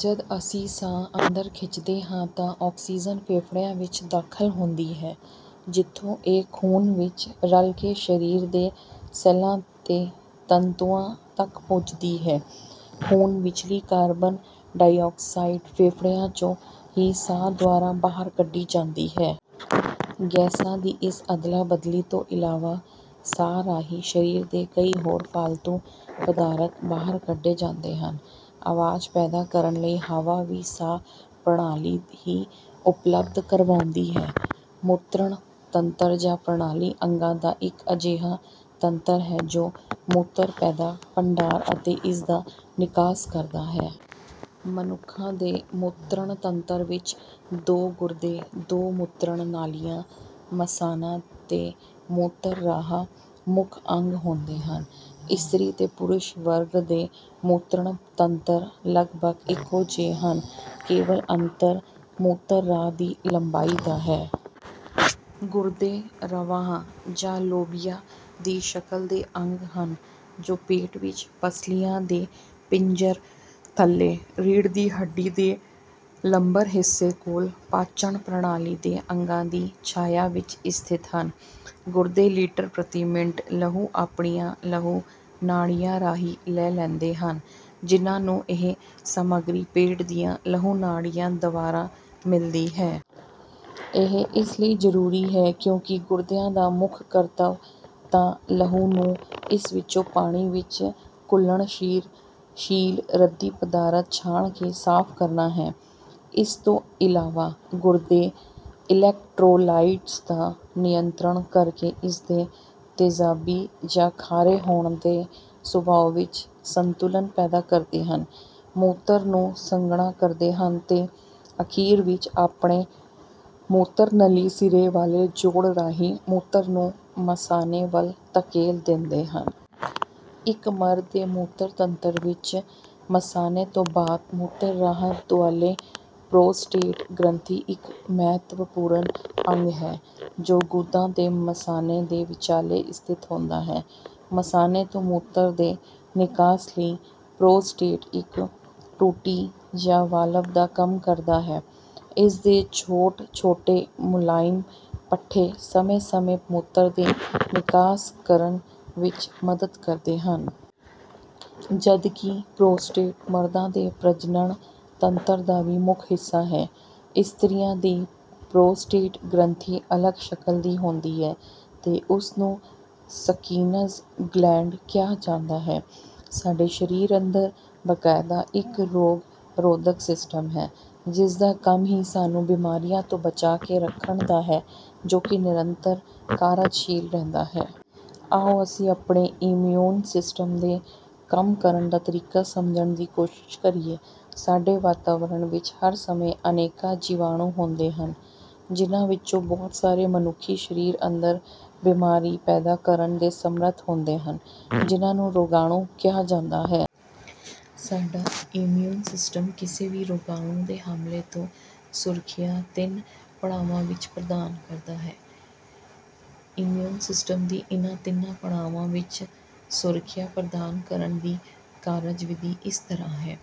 ਜਦ ਅਸੀਂ ਸਾਹ, ਅੰਦਰ ਖਿੱਚਦੇ ਹਾਂ ਤਾਂ ਆਕਸੀਜਨ ਫੇਫੜਿਆਂ ਵਿੱਚ ਦਾਖ਼ਲ ਹੁੰਦੀ ਹੈ ਜਿੱਥੋਂ ਇਹ ਖ਼ੂਨ ਵਿੱਚ ਰਲ ਕੇ ਸਰੀਰ ਦੇ ਸੈੱਲਾਂ ਤੇ ਤੰਤੂਆਂ ਤੱਕ ਪੁੱਜਦੀ ਹੈ। ਖ਼ੂਨ ਵਿਚਲੀ ਕਾਰਬਨ ਡਾਇਆਕਸਾਈਡ ਫੇਫੜਿਆਂ 'ਚੋਂ ਹੀ ਸਾਹ ਦੁਆਰਾ ਬਾਹਰ ਕੱਢੀ ਜਾਂਦੀ ਹੈ। ਗੈਸਾਂ ਦੀ ਇਸ ਅਦਲਾ-ਬਦਲੀ ਤੋਂ ਇਲਾਵਾ, ਸਾਹ ਰਾਹੀਂ ਸਰੀਰ ਦੇ ਕਈ ਹੋਰ ਫਾਲਤੂ ਪਦਾਰਥ ਬਾਹਰ ਕੱਢੇ ਜਾਂਦੇ ਹਨ। ਆਵਾਜ਼ ਪੈਦਾ ਕਰਨ ਲਈ ਹਵਾ ਵੀ ਸਾਹ ਪ੍ਰਣਾਲੀ ਹੀ ਉਪਲਬਧ ਕਰਵਾਉਂਦੀ ਹੈ। ਮੂਤਰਣ ਤੰਤਰ ਜਾਂ ਪ੍ਰਣਾਲੀ ਅੰਗਾਂ ਦਾ ਇੱਕ ਅਜਿਹਾ ਤੰਤਰ ਹੈ ਜੋ ਮੂਤਰ ਪੈਦਾ, ਭੰਡਾਰ ਅਤੇ ਇਸ ਦਾ ਨਿਕਾਸ ਕਰਦਾ ਹੈ। ਮਨੁੱਖਾਂ ਦੇ ਮੂਤਰਣ ਤੰਤਰ ਵਿੱਚ ਦੋ ਗੁਰਦੇ, ਦੋ ਮੂਤਰਣ ਨਾਲੀਆਂ, ਮਸਾਨਾ ਤੇ ਮੂਤਰ ਰਾਹ, ਮੁੱਖ ਅੰਗ ਹੁੰਦੇ ਹਨ। ਇਸਤਰੀ ਤੇ ਪੁਰਸ਼ ਵਰਗ ਦੇ ਮੂਤਰਣ ਤੰਤਰ ਲਗਭਗ ਇਕੋ ਜਿਹੇ ਹਨ, ਕੇਵਲ ਅੰਤਰ ਮੂਤਰ ਰਾਹ ਦੀ ਲੰਬਾਈ ਦਾ ਹੈ। ਗੁਰਦੇ ,ਰਵਾਂਹ ਜਾਂ ਲੋਬੀਆ ਦੀ ਸ਼ਕਲ ਦੇ ਅੰਗ ਹਨ ਜੋ ਪੇਟ ਵਿੱਚ ਪਸਲੀਆਂ ਦੇ ਪਿੰਜਰ ਥੱਲੇ, ਰੀੜ ਦੀ ਹੱਡੀ ਦੇ ਲੰਬਰ ਹਿੱਸੇ ਕੋਲ, ਪਾਚਣ ਪ੍ਰਣਾਲੀ ਦੇ ਅੰਗਾਂ ਦੀ ਛਾਇਆ ਵਿੱਚ ਸਥਿਤ ਹਨ। ਗੁਰਦੇ ਲਿਟਰ ਪ੍ਰਤੀ ਮਿੰਟ ਲਹੂ ਆਪਣੀਆਂ ਲਹੂ ਨਾੜੀਆਂ ਰਾਹੀਂ ਲੈ ਲੈਂਦੇ ਹਨ ਜਿਨ੍ਹਾਂ ਨੂੰ ਇਹ ਸਮੱਗਰੀ ਪੇਟ ਦੀਆਂ ਲਹੂ ਨਾੜੀਆਂ ਦਵਾਰਾ ਮਿਲਦੀ ਹੈ। ਇਹ ਇਸ ਲਈ ਜ਼ਰੂਰੀ ਹੈ, ਕਿਉਂਕਿ ਗੁਰਦਿਆਂ ਦਾ ਮੁੱਖ ਕਰਤਵ ਤਾਂ ਲਹੂ ਨੂੰ ,ਇਸ ਵਿਚੌਂ ਪਾਣੀ ਵਿੱਚ ਘੁਲਣਸ਼ੀਲ ਰੱਦੀ ਪਦਾਰਥ ਛਾਣ ਕੇ, ਸਾਫ਼ ਕਰਨਾ ਹੈ। ਇਸ ਤੌਂ ਇਲਾਵਾ ਗੁਰਦੇ ਈਲੈਕਟਰੋਲਾਈਟਸ ਦਾ ਨਿਯੰਤਰਣ ਕਰ ਕੇ ਇਸ ਦੇ ਤਿਜਾਬੀ ਜਾਂ ਖਾਰੇ ਹੋਣ ਦੇ ਸੁਭਾਅ ਵਿੱਚ ਸੰਤੁਲਨ ਪੈਦਾ ਕਰਦੇ ਹਨ, ਮੂਤਰ ਨੂੰ ਸੰਘਣਾ ਕਰਦੇ ਹਨ ਤੇ ਅਖੀਰ ਵਿੱਚ ਆਪਣੇ ਮੂਤਰਨਲੀ ਸਿਰੇ ਵਾਲੇ ਜੋੜ ਰਾਹੀਂ ਮੂਤਰ ਨੂੰ ਮਸਾਨੇ ਵਲ ਧਕੇਲ ਦਿੰਦੇ ਹਨ। ਇਕ ਮਰਦ ਦੇ ਮੂਤਰ ਤੰਤਰ ਵਿੱਚ ਮਸਾਨੇ ਤੌੰ ਬਾਦ ਮੂਤਰ ਰਾਹ ਦੁਆਲੇ ਪਰੋਸਟੇਟ ਗ੍ਰੰਥੀ ਇੱਕ ਮਹੱਤਵ ਪੂਰਨ ਅੰਗ ਹੈ ਜੋ ਗੁਦਾ ਤੇ ਮਸਾਨੇ ਦੇ ਵਿਚਾਲੇ ਸਥਿਤ ਹੁੰਦਾ ਹੈ। ਮਸਾਨੇ ਤੋਂ ਮੂਤਰ ਦੇ ਨਿਕਾਸ ਲਈ ਪਰੋਸਟੇਟ ਇੱਕ ਟੂਟੀ ਜਾਂ ਵਾਲਵ ਦਾ ਕੰਮ ਕਰਦਾ ਹੈ, ਇਸ ਦੇ ਛੋਟ ਛੋਟੇ ਮੁਲਾਇਮ ਪੱਠੇ ,ਸਮੇਂ ਸਮੇਂ ਮੂਤਰ ਦੇ ਨਿਕਾਸ ਕਰਨ ਵਿੱਚ ਮਦਦ ਕਰਦੇ ਹਨ। ਜਦ ਕਿ ਪਰੋਸਟੇਟ ਮਰਦਾਂ ਦੇ ਪ੍ਰਜਨਣ ਤੰਤਰ ਦਾ ਵੀ ਮੁਖ ਹਿੱਸਾ ਹੈ। ਇਸਤ੍ਰੀਆਂ ਦੀ ਪਰੋਸਟੇਟ ਗ੍ਰੰਥੀ ਅਲੱਗ ਸ਼ਕਲ ਦੀ ਹੁੰਦੀ ਹੈ ਤੇ ਉਸ ਨੂੰ ਸਕਿਨਜ਼ ਗਲੈਂਡ ਕਿਹਾ ਜਾਂਦਾ ਹੈ। ਸਾਡੇ ਸਰੀਰ ਅੰਦਰ ਬਕਾਇਦਾ ਇੱਕ ਰੋਗ-ਰੋਧਕ ਸਿਸਟਮ ਹੈ ਜਿਸਦਾ ਕੰਮ ਹੀ ਸਾਨੂੰ ਬੀਮਾਰੀਆਂ ਤੋਂ ਬਚਾ ਕੇ ਰੱਖਣ ਦਾ ਹੈ ਜੋ ਕਿ ਨਿਰੰਤਰ ਕਾਰਜਸ਼ੀਲ ਰਹਿੰਦਾ ਹੈ। ਆਓ ਅਸੀਂ ਆਪਣੇ ਇਮਿਊਨ ਸਿਸਟਮ ਦੇ ਕੰਮ ਕਰਨ ਦਾ ਤਰੀਕਾ ਸਮਝਣ ਦੀ ਕੋਸ਼ਿਸ ਕਰੀਏ। ਸਾਡੇ ਵਾਤਾਵਰਣ ਵਿੱਚ ਹਰ ਸਮੇਂ ਅਨੇਕਾਂ ਜੀਵਾਣੂ ਹੁੰਦੇ ਹਨ, ਜਿਨ੍ਹਾਂ ਵਿੱਚੋਂ ਬਹੁਤ ਸਾਰੇ ਮਨੁੱਖੀ ਸਰੀਰ ਅੰਦਰ ਬਿਮਾਰੀ ਪੈਦਾ ਕਰਨ ਦੇ ਸਮਰੱਥ ਹੁੰਦੇ ਹਨ, ਜਿਨ੍ਹਾਂ ਨੂੰ ਰੋਗਾਣੂ ਕਿਹਾ ਜਾਂਦਾ ਹੈ। ਸਾਡਾ ਇਮਿਊਨ ਸਿਸਟਮ ਕਿਸੇ ਵੀ ਰੋਗਾਣੂ ਦੇ ਹਮਲੇ ਤੋਂ ਸੁਰੱਖਿਆ ਤਿੰਨ ਪੜਾਵਾਂ ਵਿੱਚ ਪ੍ਰਦਾਨ ਕਰਦਾ ਹੈ। ਇਮਿਊਨ ਸਿਸਟਮ ਦੀ ਇਨ੍ਹਾਂ ਤਿੰਨਾਂ ਪੜਾਵਾਂ ਵਿੱਚ ਸੁਰੱਖਿਆ ਪ੍ਰਦਾਨ ਕਰਨ ਦੀ ਕਾਰਜ-ਵਿਧੀ ਇਸ ਤਰ੍ਹਾਂ ਹੈ।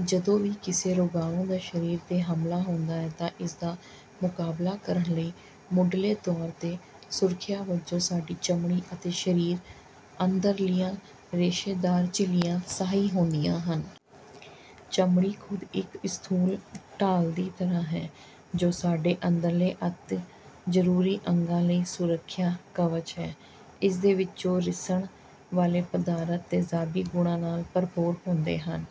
ਜਦੋਂ ਵੀ ਕਿਸੇ ਰੋਗਾਣੂ ਦਾ ਸਰੀਰ 'ਤੇ ਹਮਲਾ ਹੁੰਦਾ ਹੈ ਤਾਂ ਇਸਦਾ ਮੁਕਾਬਲਾ ਕਰਨ ਲਈ ਮੁਢਲੇ ਤੌਰ 'ਤੇ ਸੁਰੱਖਿਆ ਵਜੋਂ ਸਾਡੀ ਚਮੜੀ ਅਤੇ ਸਰੀਰ ਅੰਦਰਲੀਆਂ ਰੇਸ਼ੇਦਾਰ ਝਿੱਲੀਆਂ ਸਹਾਈ ਹੁੰਦੀਆਂ ਹਨ। ਚਮੜੀ ਖੁਦ ਇੱਕ ਸਥੂਲ ਢਾਲ ਦੀ ਤਰ੍ਹਾਂ ਹੈ ਜੋ ਸਾਡੇ ਅੰਦਰਲੇ ਅਤਿ ਜ਼ਰੂਰੀ ਅੰਗਾਂ ਲਈ ਸੁਰੱਖਿਆ ਕਵਚ ਹੈ। ਇਸਦੇ ਵਿੱਚੋਂ ਰਿਸਣ ਵਾਲੇ ਪਦਾਰਥ ਤੇਜ਼ਾਬੀ ਗੁਣਾਂ ਨਾਲ ਭਰਪੂਰ ਹੁੰਦੇ ਹਨ।